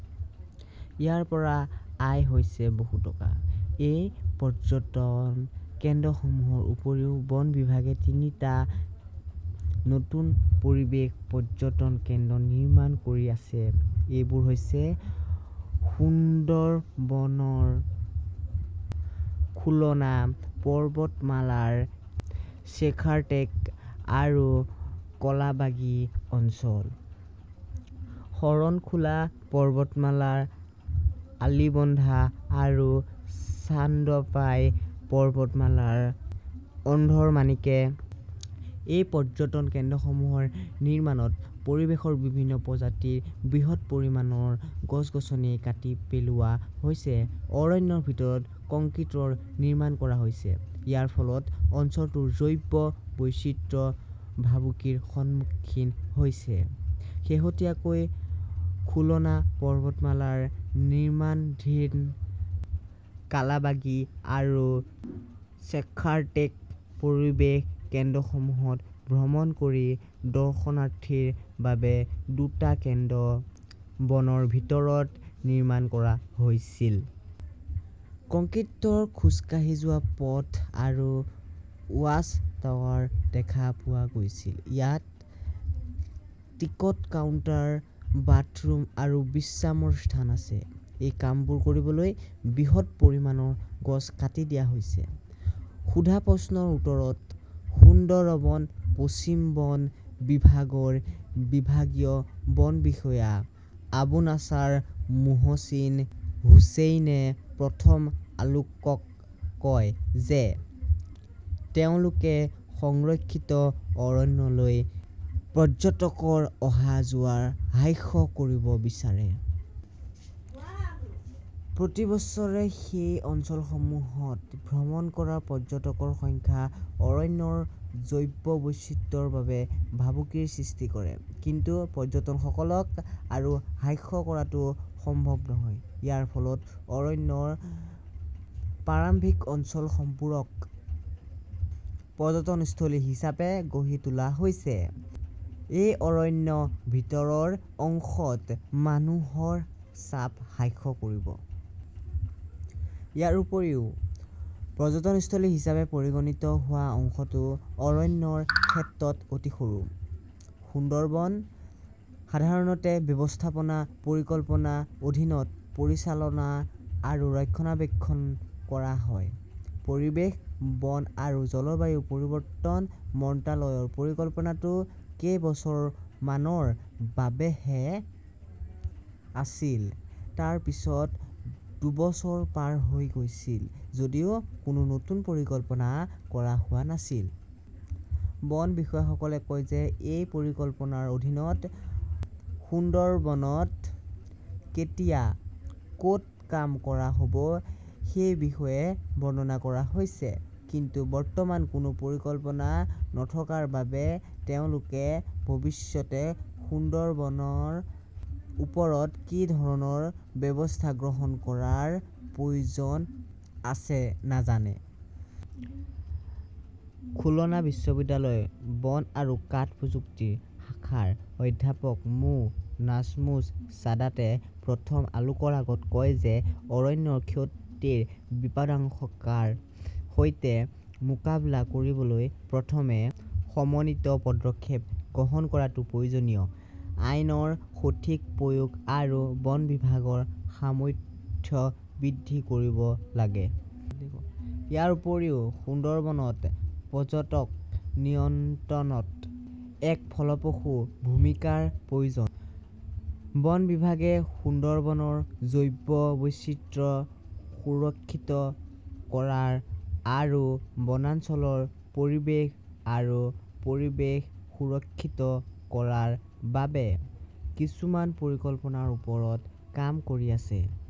ইয়াৰ পৰা আয় হৈছে বহু টকা। এই পৰ্যটন কেন্দ্ৰসমূহৰ উপৰিও বন বিভাগে তিনিটা নতুন পৰিৱেশ পৰ্যটন কেন্দ্ৰ নিৰ্মাণ কৰি আছে। এইবোৰ হৈছে সুন্দৰবনৰ খুলনা পৰ্বতমালাৰ শ্বেখাৰটেক আৰু কালাবাগী অঞ্চল, শৰণখোলা পৰ্বতমালাৰ আলিবন্ধা আৰু চান্দপাই পৰ্বতমালাৰ অন্ধৰমানিকে। এই পৰ্যটন কেন্দ্ৰসমূহৰ নিৰ্মাণত পৰিৱেশৰ বিভিন্ন প্ৰজাতিৰ বৃহৎ পৰিমাণৰ গছ-গছনি কাটি পেলোৱা হৈছে। অৰণ্যৰ ভিতৰত কংক্ৰিটৰ নিৰ্মাণ কৰা হৈছে। ইয়াৰ ফলত অঞ্চলটোৰ জৈৱ বৈচিত্ৰ্য ভাবুকিৰ সন্মুখীন হৈছে। শেহতীয়াকৈ খুলনা পৰ্বতমালাৰ নিৰ্মাণধীন কালাবাগী আৰু শ্বেখাৰটেক পৰিৱেশ কেন্দ্ৰসমূহত ভ্ৰমণ কৰি দৰ্শনাৰ্থীৰ বাবে দুটা কেন্দ্ৰ বনৰ ভিতৰত নিৰ্মাণ কৰা হৈছিল। কংক্ৰিটৰ খোজকাঢ়ি যোৱা পথ আৰু ৱাচ টাৱাৰ দেখা পোৱা গৈছিল। ইয়াত টিকট কাউণ্টাৰ, বাথৰুম আৰু বিশ্ৰামৰ স্থান আছে। এই কামবোৰ কৰিবলৈ বৃহৎ পৰিমাণৰ গছ কাটি দিয়া হৈছে। সোধা প্ৰশ্নৰ উত্তৰত সুন্দৰবন পশ্চিম বন বিভাগৰ বিভাগীয় বন বিষয়া আবু নাছাৰ মোহচিন হুচেইনে প্ৰথম আলোকক কয় যে তেওঁলোকে সংৰক্ষিত অৰণ্যলৈ পৰ্যটকৰ অহা-যোৱা হ্ৰাস কৰিব বিচাৰে। প্ৰতি বছৰে সেই অঞ্চলসমূহত ভ্ৰমণ কৰা পৰ্যটকৰ সংখ্যা অৰণ্যৰ জৈৱ বৈচিত্ৰ্যৰ বাবে ভাবুকিৰ সৃষ্টি কৰে। কিন্তু পৰ্যটকসকলক আৰু হ্ৰাস কৰাটো সম্ভৱ নহয়। ইয়াৰ ফলত অৰণ্যৰ প্ৰাৰম্ভিক অঞ্চলবোৰক পৰ্যটনস্থলী হিচাপে গঢ়ি তোলা হৈছে। ই অৰণ্যৰ ভিতৰৰ অংশত মানুহৰ চাপ হ্ৰাস কৰিব। ইয়াৰ উপৰিও পৰ্যটনস্থলী হিচাপে পৰিগণিত হোৱা অংশটো অৰণ্যৰ ক্ষেত্ৰত অতি সৰু। সুন্দৰবন সাধাৰণতে ব্যৱস্থাপনা পৰিকল্পনাৰ অধীনত পৰিচালনা আৰু ৰক্ষণাবেক্ষণ কৰা হয়। পৰিৱেশ, বন আৰু জলবায়ু পৰিৱৰ্তন মন্ত্ৰালয়ৰ পৰিকল্পনাটো কেইবছৰ মানৰ বাবেহ আছিল। তাৰ পিছত দুবছৰ পাৰ হৈ গৈছিল যদিও কোনো নতুন পৰিকল্পনা কৰা হোৱা নাছিল। বন বিষয়াসকলে কয় যে এই পৰিকল্পনাৰ অধীনত সুন্দৰবনত কেতিয়া, ক'ত কাম কৰা হ'ব সেই বিষয়ে বৰ্ণনা কৰা হৈছে। কিন্তু বৰ্তমান কোনো পৰিকল্পনা নথকাৰ বাবে তেওঁলোকে ভৱিষ্যতে সুন্দৰবনৰ ওপৰত কি ধৰণৰ ব্যৱস্থা গ্ৰহণ কৰাৰ প্ৰয়োজন আছে নাজানে। খুলনা বিশ্ববিদ্যালয়ৰ বন আৰু কাঠ প্ৰযুক্তি শাখাৰ অধ্যাপক মো. নাজমুছ ছাদাতে প্ৰথম আলোকৰ আগত কয় যে অৰণ্যৰ ক্ষতিৰ বিপদাশংকাৰ সৈতে মোকাবিলা কৰিবলৈ প্ৰথমে সমন্বিত পদক্ষেপ গ্ৰহণ কৰাটো প্ৰয়োজনীয়। আইনৰ সঠিক প্ৰয়োগ আৰু বন বিভাগৰ সামৰ্থ্য বৃদ্ধি কৰিব লাগে। ইয়াৰ উপৰিও সুন্দৰবনত পৰ্যটক নিয়ন্ত্ৰণত এক ফলপ্ৰসূ ভূমিকাৰ প্ৰয়োজন। বন বিভাগে সুন্দৰবনৰ জৈৱ বৈচিত্ৰ্য সুৰক্ষিত কৰা আৰু বনাঞ্চলৰ পৰিৱেশ আৰু পৰিৱেশ সুৰক্ষিত কৰাৰ বাবে কিছুমান পৰিকল্পনাৰ ওপৰত কাম কৰি আছে।